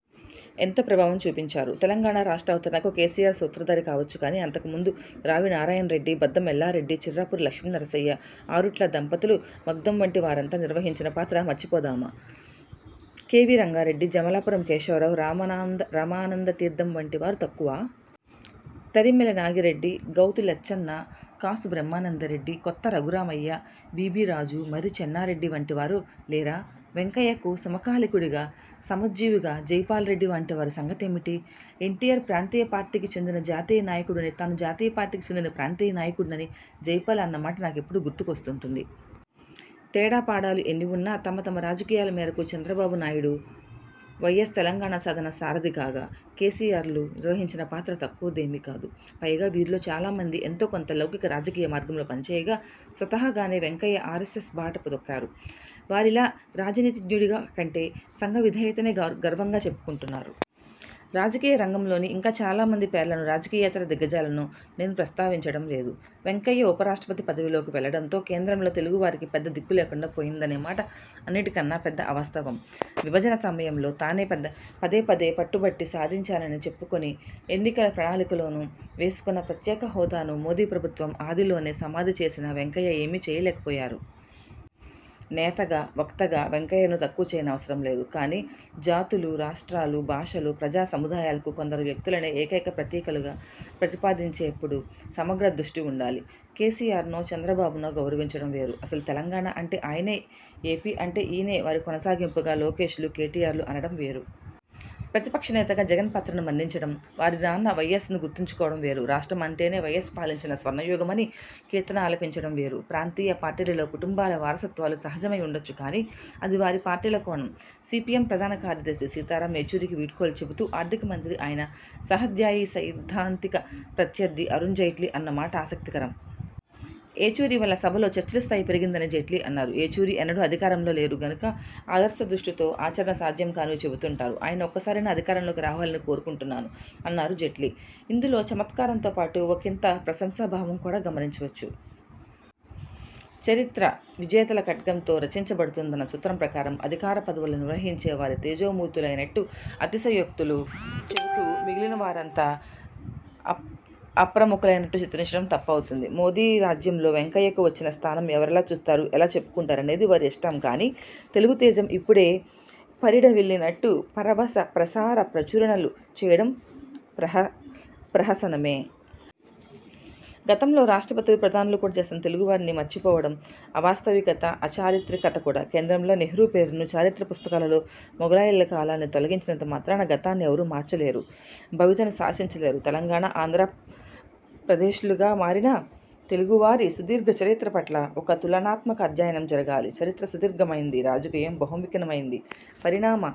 ఎంత ప్రభావం చూపించారు? తెలంగాణ రాష్ట్రావతరణకు కేసీఆర్ సూత్రధారి కావచ్చు గాని అంతకుమందు రావి నారాయణ రెడ్డి, బద్దం ఎల్లారెడ్డి, చిర్రావూరి లక్ష్మీనరసయ్య, ఆరుట్ల దంపతులు, మగ్దుం వంటి వారంతా నిర్వహించిన పాత్ర మర్చిపోదామా? కెవి రంగారెడ్డి, జమలాపురం కేశవరావు, రామానంద తీర్థ వంటివారు తక్కువా? తరిమెల నాగిరెడ్డి, గౌతు లచ్చన్న, కాసు బ్రహ్మానందరెడ్డి, కొత్త రఘురామయ్య, విబిరాజు, మర్రి చెన్నారెడ్డి, వంటివారు లేరా? వెంకయ్యకు సమకాలికుడుగా సమవుజ్జీగా జైపాల్రెడ్డి వంటివారి సంగతేమిటి? ఎన్టీఆర్ ప్రాంతీయ పార్టీకి చెందిన జాతీయ నాయకుడని తాను జాతీయ పార్టీకి చెందిన ప్రాంతీయ నాయకుడినని జైపాల్ అన్నమాట నాకెప్పుడూ గుర్తుకు వస్తుంటుంది. తేడాపాడాలు ఎన్ని వున్నా తమ తమ రాజకీయాల మేరకు చంద్రబాబు నాయుడు, వైఎస్, తెలంగాణ సాధన సారథిగాగా కేసీఆర్లు నిర్వహించిన పాత్ర తక్కువదేమీ కాదు. పైగా వీరిలో చాలామంది ఎంతోకొంత లౌకిక రాజకీయాల మార్గంలో పనిచేయగా స్వతహాగానే వెంకయ్య ఆరెస్సెస్ బాట తొక్కారు. వారిలా రాజనీతిజ్ఞుడిగా కంటే సంఘ విధేయతనే గర్వంగా చెప్పుకుంటున్నారు. రాజకీయ రంగంలోని ఇంకా చాలామంది పేర్లనూ రాజకీయేతర దిగ్గజాలనూ నేను ప్రస్తావించడం లేదు. వెంకయ్య ఉపరాష్ట్రపతి పదవిలోకి వెళ్లడంతో కేంద్రంలో తెలుగువారికి పెద్ద దిక్కులేకుండా పోయిందనే మాట అన్నిటికన్నా పెద్ద అవాస్తవం. విభజన సమయంలో తానే పదేపదే పట్టుబట్టి సాధించానని చెప్పుకుని ఎన్నికల ప్రణాళికలోనూ వేసుకున్న ప్రత్యేక హోదాను మోదీ ప్రభుత్వం ఆదిలోనే సమాధి చేసినా వెంకయ్య ఏమీ చేయలేకపోయారు. నేతగా వక్తగా వెంకయ్యను తక్కువ చేయనవసరం లేదు. కానీ జాతులు రాష్ట్రాలు భాషలు ప్రజా సముదాయాలకు కొందరు వ్యక్తులనే ఏకైక ప్రతీకలుగా ప్రతిపాదించేప్పుడు సమగ్ర దృష్టి వుండాలి. కేసీఆర్నో చంద్రబాబునో గౌరవించడం వేరు, అసలు తెలంగాణ అంటే ఆయనే ఏపీ అంటే ఈయనే వారి కొనసాగింపుగా లోకేశ్లు కేటీఆర్లు అనడం వేరు. ప్రతిపక్ష నేతగా జగన్ పాత్రను మన్నించడం, వారి నాన్న వైఎస్ను గుర్తుంచుకోవడం వేరు. రాష్ట్రం అంటేనే వైఎస్ పాలించిన స్వర్ణయుగమని కీర్తనలాలపించడం వేరు. ప్రాంతీయ పార్టీలలో కుటుంబాల వారసత్వాలు సహజమై వుండొచ్చు గాని అది వారి పార్టీల కోణం. సీపీఎం ప్రధాన కార్యదర్శి సీతారాం ఏచూరికి వీడ్కోలు చెబుతూ ఆర్థిక మంత్రి ఆయన సహాధ్యాయి సైద్ధాంతిక ప్రత్యర్థి అరుణ్ జైట్లీ అన్నమాట ఆసక్తికరం. ఏచూరి వల్ల సభలో చర్చల స్థాయి పెరిగిందని జైట్లీ చెప్పారు. ఏచూరి ఎప్పుడూ అధికారంలో లేరు గనక ఆదర్శదృష్టితో ఆచరణ సాధ్యం కానివి చెబుతుంటారు. ఆయన ఒక్కసారైనా అధికారంలోకి రావాలని కోరుకుంటున్నాను అన్నారు జైట్లీ. ఇందులో చమత్కారంతో పాటు ఒకింత ప్రశంసా భావం కూడా గమనించవచ్చు. చరిత్ర విజేతల ఖడ్గంతో రచించబడుతుందన్న సూత్రం ప్రకారం అధికార పదవులు నిర్వహించిన వారే తేజోమూర్తులైనట్టు అతిశయోక్తులు చెబుతూ మిగిలిన వారంతా అప్రముఖులైనట్టు చిత్రించడం తప్పవుతుంది. మోదీ రాజ్యంలో వెంకయ్యకు వచ్చిన స్థానం ఎవరెలా చూస్తారు ఎలా చెప్పుకుంటారనేది వారి ఇష్టం గానీ తెలుగుతేజం ఇప్పుడే పరిఢవిల్లినట్టు పరవశ ప్రసార ప్రచురణలు చేయడం ప్రహసనమే. గతంలో రాష్ట్రపతులు ప్రధానులు కూడా చేసిన తెలుగు వారిని మర్చిపోవడం అవాస్తవికత, అచారిత్రకత కూడా. కేంద్రంలో నెహ్రూ పేరును, చరిత్ర పుస్తకాలలో మొగలాయీల కాలాన్ని తొలగించినంత మాత్రాన గతాన్ని ఎవరూ మార్చలేరు. భవితనూ శాసించలేరు. తెలంగాణ ఆంధ్ర ప్రదేశ్లుగా మారిన తెలుగువారి సుదీర్ఘ చరిత్ర పట్ల ఒక తులనాత్మక అధ్యయనం జరగాలి. చరిత్ర సుదీర్ఘమైంది. రాజకీయం బహుముఖీనమైంది. పరిణామ